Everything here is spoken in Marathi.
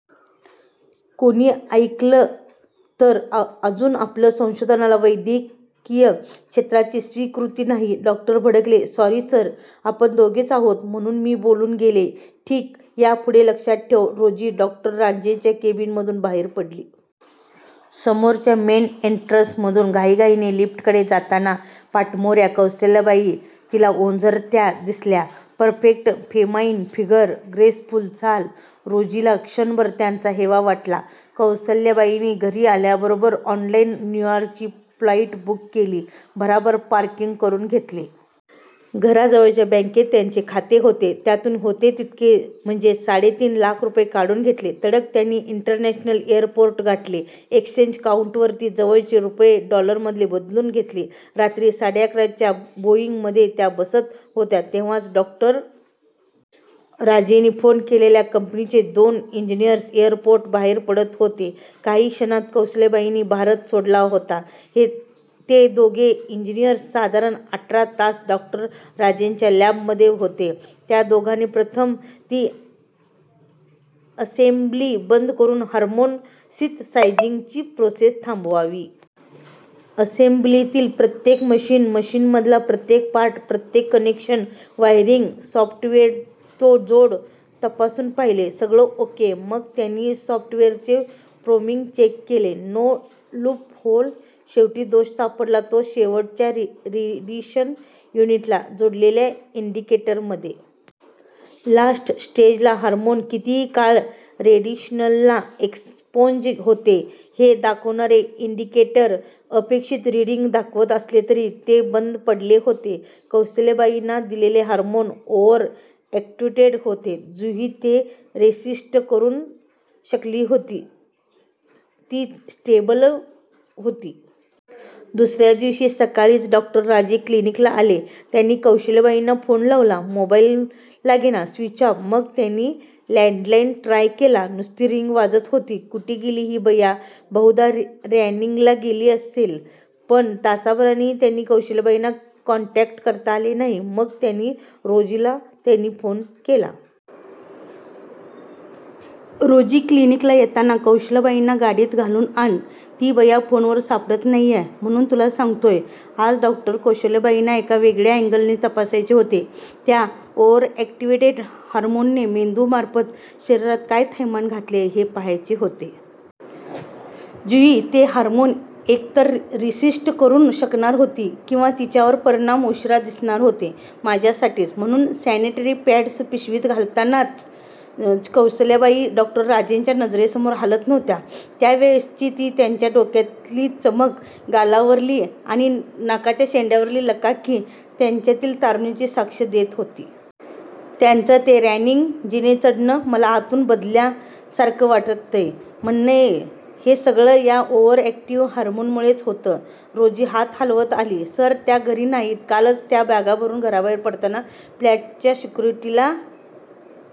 कोणी ऐकलं तर? अजून आपलं संशोधनाला वैद्यकीय क्षेत्राची स्वीकृती नाही! डॉक्टर भडकले. "सॉरी सर, आपण दोघेच आहोत म्हणून मी बोलून गेले. "" ठीक, या पुढे लक्षात ठेव! " रोजी डॉ. राजेंच्या केबिन मधून बाहेर पडली. समोरच्या मेन एंट्रन्स मधून घाईघाईने लिफ्टकडे जाताना पाठमोऱ्या कौसल्याबाई तिला ओझरत्या दिसल्या! परफेक्ट फेमाईन फिगर, ग्रेसफुल चाल! रोजीला क्षणभर त्यांचा हेवा वाटला! कौसल्याबाईनी घरी आल्याबरोबर ऑनलाईन न्यूयार्कची फ्लाईट बुक केली. भराभर पॅकिंग करून घेतले. घराजवळच्या बँकेत त्याचे खाते होते. त्यातून होते तितके म्हणजे साडेतीन लाख रुपये काढून घेतले. तडक त्यांनी इंटरनॅशनल एअरपोर्ट गाठले. एक्सचेंज कॉउंटरवर जवळचे रुपये, डॉलरमध्ये बदलून घेतले. रात्री साडेअकराच्या बोईंग मध्ये त्या बसत होत्या, तेव्हाच डॉ. राजेंनी फोन केलेल्या कम्पनीचे दोन इंजिनियर्स एअरपोर्ट बाहेर पडत होते! काही क्षणात कौसल्याबाईंनी भारत सोडला होता! ते दोघे इंजिनियर्स साधारण आठरा तास डॉ. राजेंच्या लॅब मध्ये होते. त्या दोघांनी प्रथम ती असेम्ब्ली बंद करून, हार्मोन सिंथसायझिंगची प्रोसेस थांबावी. असेंब्लितली प्रत्येक मशीन, मशीन मधला प्रत्येक पार्ट, प्रत्येक कनेक्शन, वायरिंग, सॉफ्टवेरचेजोड तपासून पहिले. सगळं ओके! मग त्यांनी सॉफ्टवेयरचे प्रोग्रामिंग चेक केले. No loophole! शेवटी दोष सापडला तो शेवटच्या रेडिएशन युनिटला जोडलेल्या इंडिकेटर मध्ये! लास्ट स्टेजला हार्मोन, कितीही काळ रेडिएशनला एक्सपोज होते, हे दाखवणारे इंडिकेटर अपेक्षित रिडींग दाखवत असले तरी, ते बंद पडले होते! कौसल्याबाईंना दिलेले हार्मोन ओव्हर ऍक्टिव्हेटेड होते! जुही ते रेसिस्ट करू शकली होती, म्हणून ती स्टेबल होती! दुसरे दिवशी, सक्काळीच डॉ. राजे क्लिनिकला आले. त्यांनी कौशल्याबाईंना फोन लावला. मोबाईल लागेना. स्वीचऑफ! मग त्यांनी लँडलाईन ट्राय केला. नुस्ती रिंग वाजत होती. कुठे गेली हि बया? बहुदा रनिंगला गेली असेल! पण तासाभरानेही त्यांना कौशल्याबाईंना कॉन्टॅक्ट करता आला नाही, मग त्यांनी रोजीला त्यांनी फोन केला. "रोजी, क्लिनिकल येताना कौशल्याबाईंना गाडीत घालून आण! ती बया फोनवर सापडत नाहीय! म्हणून तुला सांगतोय! " आज डॉक्टर कौशल्याबाईंना एका वेगळ्या अँगलने तपासायचे होते. त्या ओव्हरऍक्टिव्हेटेड हार्मोनने मेंदू मार्फत शरीरात काय थैमान घातले आहे हे पहायचे होते. 'जुही' ते हार्मोन एक तर रेसिस्ट करू शकणार होती, किंवा तिच्यावर परिणाम उशिरा दिसणार होते. माझ्या साठीच! म्हणून सॅनिटरी पॅड्स पिशवीत घालतानाच्या कौसल्याबाई! डॉ. राजेंच्या नजरेसमोर हालत नव्हत्या. त्या वेळेसची, ती त्यांच्या डोळ्यातली चमक, गालावरली आणि नाकाच्या शेंड्यावरली लकाकी, त्याच्यातील तारुण्याची साक्ष देत होती! त्यांचं ते रनिंग, जिनेचढ़ण, 'मला आतून बदल्या सारखं वाटतय! ' म्हणणं, हे सगळं या ओव्हर ऍक्टिव्ह हार्मोन मुळेच होत! रोजी हात हलवत आली. सर, त्या घरी नाहीत. कालच त्या बॅगा घेऊन घराबाहेर पडताना फ्लॅटच्या सेक्युरिटीला